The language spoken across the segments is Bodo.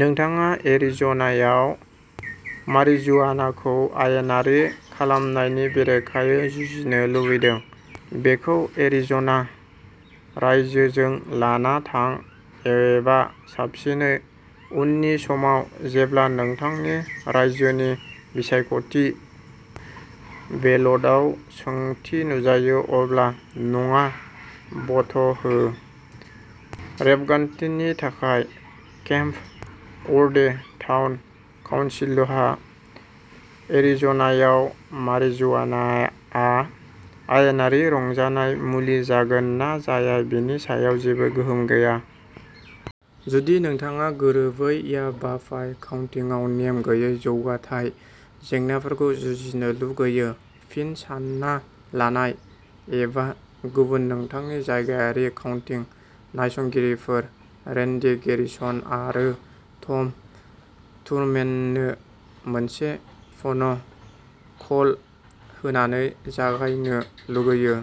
नोंथाङा एरिज'नायाव मारिजुआनाखौ आयेनारि खालामनायनि बेरेखायै जुजिनो लुबैदों, बेखौ एरिज'ना रायजोजों लाना थां, एबा साबसिनै, उननि समाव जेब्ला नोंथांनि रायजोनि बिसायख'थि बेलटआव सोंथि नुजायो, अब्ला "नङा" भ'ट हो। रेबगान्थिनि थाखाय, केम्प वर्दे टाउन काउन्सिलहा एरिज'नायाव मारिजुआनाआ आयेनारि रंजानाय मुलि जागोन ना जाया बेनि सायाव जेबो गोहोम गैया। जुदि नोंथाङा गोरोबै याभापाइ काउन्टिआव नेम गैयै जौगाथाय जेंनाफोरखौ जुजिनो लुगैयो-फिन, सानना लानाय एबा गुबुन-नोंथांनि जायगायारि काउन्टिं नायसंगिरिफोर रेन्डी गेरिसन आरो टम थुरमेननो मोनसे फ'न कल होनानै जागायनो लुगैयो।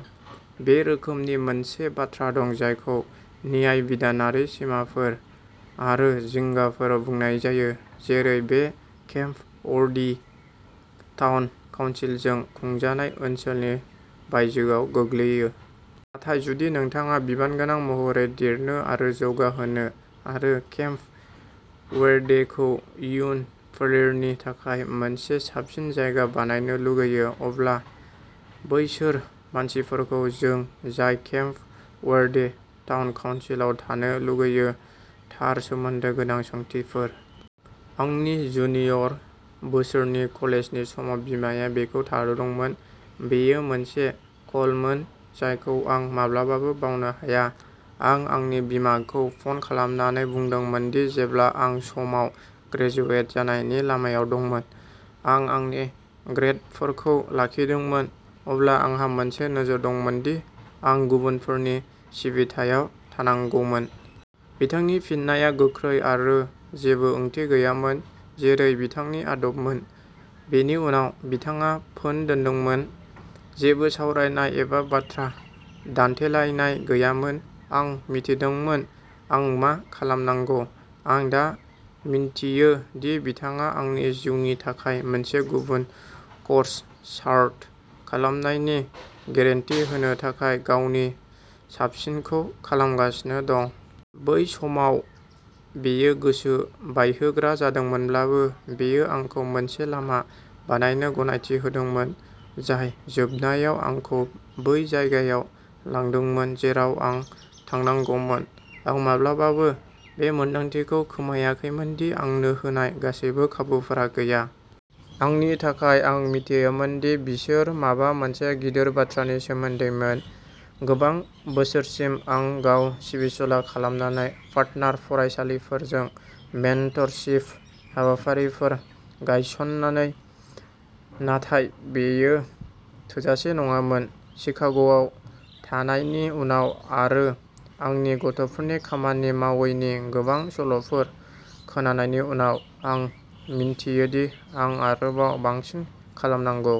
बे रोखोमनि मोनसे बाथ्रा दं जायखौ न्यायबिधानारि सिमाफोर आरो जिंगाफोर बुंनाय जायो, जेरै बे केम्प वर्दे टाउन काउन्सिलजों खुंजानाय ओनसोलनि बायजोआव गोग्लैयो। नाथाय, जुदि नोंथाङा बिबानगोनां महरै देरनो आरो जौगाहोनो आरो केम्प वर्देखौ इयुन फोलेरनि थाखाय मोनसे साबसिन जायगा बानायनो लुगैयो, अब्ला बैसोर मानसिफोरखौ सों जाय केम्प वर्दे टाउन काउन्सिलाव थानो लुगैयो, थार सोमोन्दो गोनां सोंथिफोर। आंनि जुनियर बोसोरनि कलेजनि समाव बिमाया बेखौ थाद'दोंमोन। बेयो मोनसे कलमोन जायखौ आं माब्लाबाबो बावनो हाया। आं आंनि बिमाखौ फन खालामनानै बुंदोंमोन दि जेब्ला आं समाव ग्रेजुवेट जानायनि लामायाव दंमोन आरो आंनि ग्रेदफोरखौ लाखिदोंमोन, अब्ला आंहा मोनसे नोजोर दंमोन दि आं गुबुनफोरनि सिबिथायाव थानांगौमोन। बिथांनि फिननाया गोख्रै आरो जेबो ओंथि गैयैमोन, जेरै बिथांनि आदबमोन। बेनि उनाव, बिथाङा फोन दोनदोंमोन। जेबो सावरायनाय एबा बाथ्रा दान्थेलायनाय गैयामोन। आं मिथिदोंमोन आं मा खालामनांगौ। आं दा मिन्थियो दि बिथाङा आंनि जिउनि थाखाय मोनसे गुबुन कर्स चार्ट खालामनायनि गेरेन्टि होनो थाखाय गावनि साबसिनखौ खालामगासिनो दंमोन। बै समाव बेयो गोसो बायहोग्रा जादोंमोनब्लाबो, बेयो आंखौ मोनसे लामा बानायनो गनायथि होदोंमोन जाय जोबनायाव आंखौ बै जायगायाव लांदोंमोन जेराव आं थानांगौमोन। आं माब्लाबाबो बे मोन्दांथिखौ खोमाखैमोन दि आंनो होनाय गासैबो खाबुफोरा गैया। आंनि थाखाय। आं मिथियोमोन दि बिसोर माबा मोनसे गिदिर बाथ्रानि सोमोन्दैमोन। गोबां बोसोरसिम आं गाव सिबिसुला खालामनानै, पार्टनार फरायसालिफोरजों मेंटरशिप हाबाफारिफोर गायस'ननानै, नाथाय बेयो थोजासे नङामोन। शिकाग'आव थानायनि उनाव आरो आंनि गथ'फोरनि खामानि मावैनि गोबां सल'फोर खोनानायनि उनाव, आं मिन्थियो दि आं आरोबाव बांसिन खालामनांगौ।